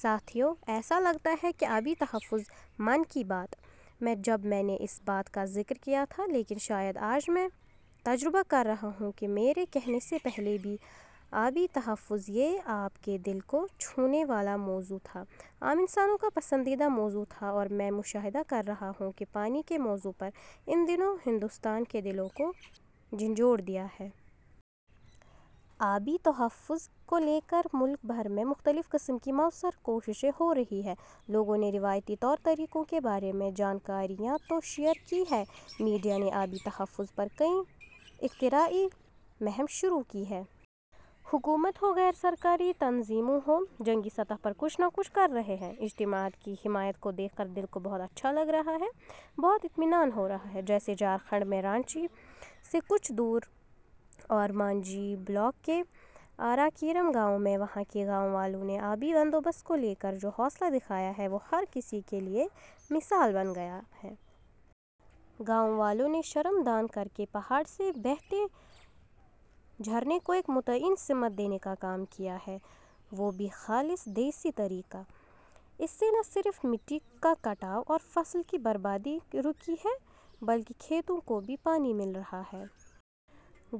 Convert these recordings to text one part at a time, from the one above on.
ساتھیوں؛ ایسا لگتا ہے کہ آبی تحفظ-'من کی بات' میں جب میں نے اس بات کا ذکر کیا تھا، لیکن شاید آج میں تجربہ کر رہا ہوں کہ میرے کہنے سے پہلے بھی آبی تحفظ یہ آپ کے دل کو چھونے والا موضوع تھا، عام انسانوں کا پسندیدہ موضوع تھا اور میں مشاہدہ کر رہا ہوں کہ پانی کے موضوع پر ان دنوں ہندوستان کے دلوں کو جھنجھوڑ دیا ہے۔ آبی تحفظ کو لے کر ملک بھر میں مختلف قسم کی مؤثر کوششیں ہو رہی ہیں۔ لوگوں نے روایتی طور طریقوں کے بارے میں جانکاریاں تو شیئر کی ہیں، میڈیا نے آبی تحفظ پر کئی اختراعی مہم شروع کی ہیں۔ حکومت ہو، غیرسرکاری تنظیموں ہوں- جنگی سطح پر کچھ نہ کچھ کر رہے ہیں۔ اجتماعیت کی حمایت کو دیکھ کر دل کو بہت اچھا لگ رہا ہے۔ بہت اطمینان ہو رہا ہے۔ جیسے جھارکھنڈ میں رانچی سے کچھ دور اورمانجھی بلاک کے آرا کیرم گاؤں میں وہاں کے گاؤں والوں نے آبی بندوبست کو لے کر جو حوصلہ دکھایا ہے وہ ہر کسی کے لیے مثال بن گیا ہے۔ گاؤں والوں نے شرم دان کرکے پہاڑ سے بہتے جھرنے کو ایک متعین سمت دینے کا کام کیا ہے۔ وہ بھی خالص دیسی طریقہ۔ اس سے نہ صرف مٹی کا کٹاؤ اور فصل کی بربادی رکی ہے بلکہ کھیتوں کو بھی پانی مل رہا ہے۔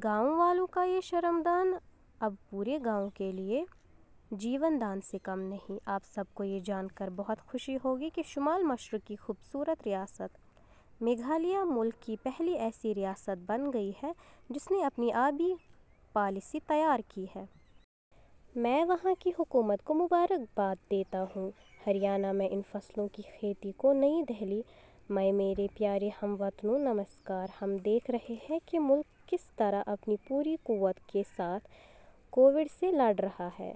گاؤں والو ںکا یہ شرم دان اب پورے گاؤں کے لیے جیون دان سے کم نہیں۔ آپ سب کو یہ جان کر بہت خوشی ہوگی کہ شمال مشرق کی خوبصورت ریاست میگھالیہ ملک کی پہلی ایسی ریاست بن گئی ہے جس نے اپنی آبی پالیسی تیار کی ہے۔ میں وہاں کی حکومت کو مبارک باد دیتا ہوں۔ ہریانہ میں ان فصلوں کی کھیتی کو. نئی دہلی۔ مئی میرے پیارے ہم وطنوں ، نمسکار۔ ہم دیکھ رہے ہیں کہ ملک کس طرح اپنی پوری قوت کے ساتھ کووڈ – سے لڑ رہا ہے۔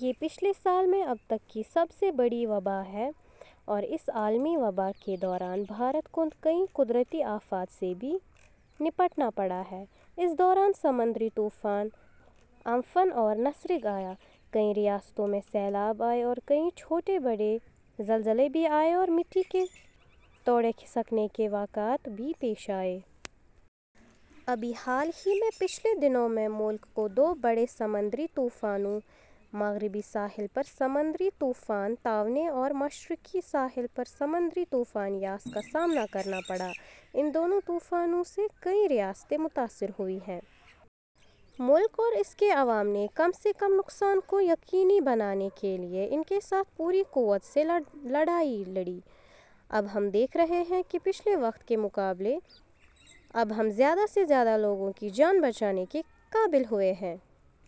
یہ پچھلے سال میں اب تک کی سب سے بڑی وباء ہے اور اس عالمی وباء کے دوران بھارت کو کئی قدرتی آفات سے بھی نمٹنا پڑا ہے۔ اس دوران سمندری طوفان ' امفن ' اور نسرگ آیا ، کئی ریاستوں میں سیلاب آئے اور کئی چھوٹے بڑے زلزلے بھی آئے اور مٹی کے تودے کھسکنے کے واقعات بھی پیش آئے۔ ابھی حال ہی میں ، پچھلے دنوں میں ملک کو دو بڑے سمندری طوفانوں – مغربی ساحل پر سمندری طوفان تاوتے اور مشرقی ساحل پر سمندری طوفان یاس کا سامنا کرنا پڑا۔ ان دونوں طوفانوں سے کئی ریاستیں متاثر ہوئی ہیں۔ ملک اور اس کے عوام نے کم سے کم نقصان کو یقینی بنانے کے لئے ، ان کے ساتھ پوری قوت سے لڑائی لڑی۔ اب ہم دیکھ رہے ہیں کہ پچھلے وقت کےمقابلے ، اب ہم زیادہ سے زیادہ لوگوں کی جان بچانے کے قابل ہوئے ہیں۔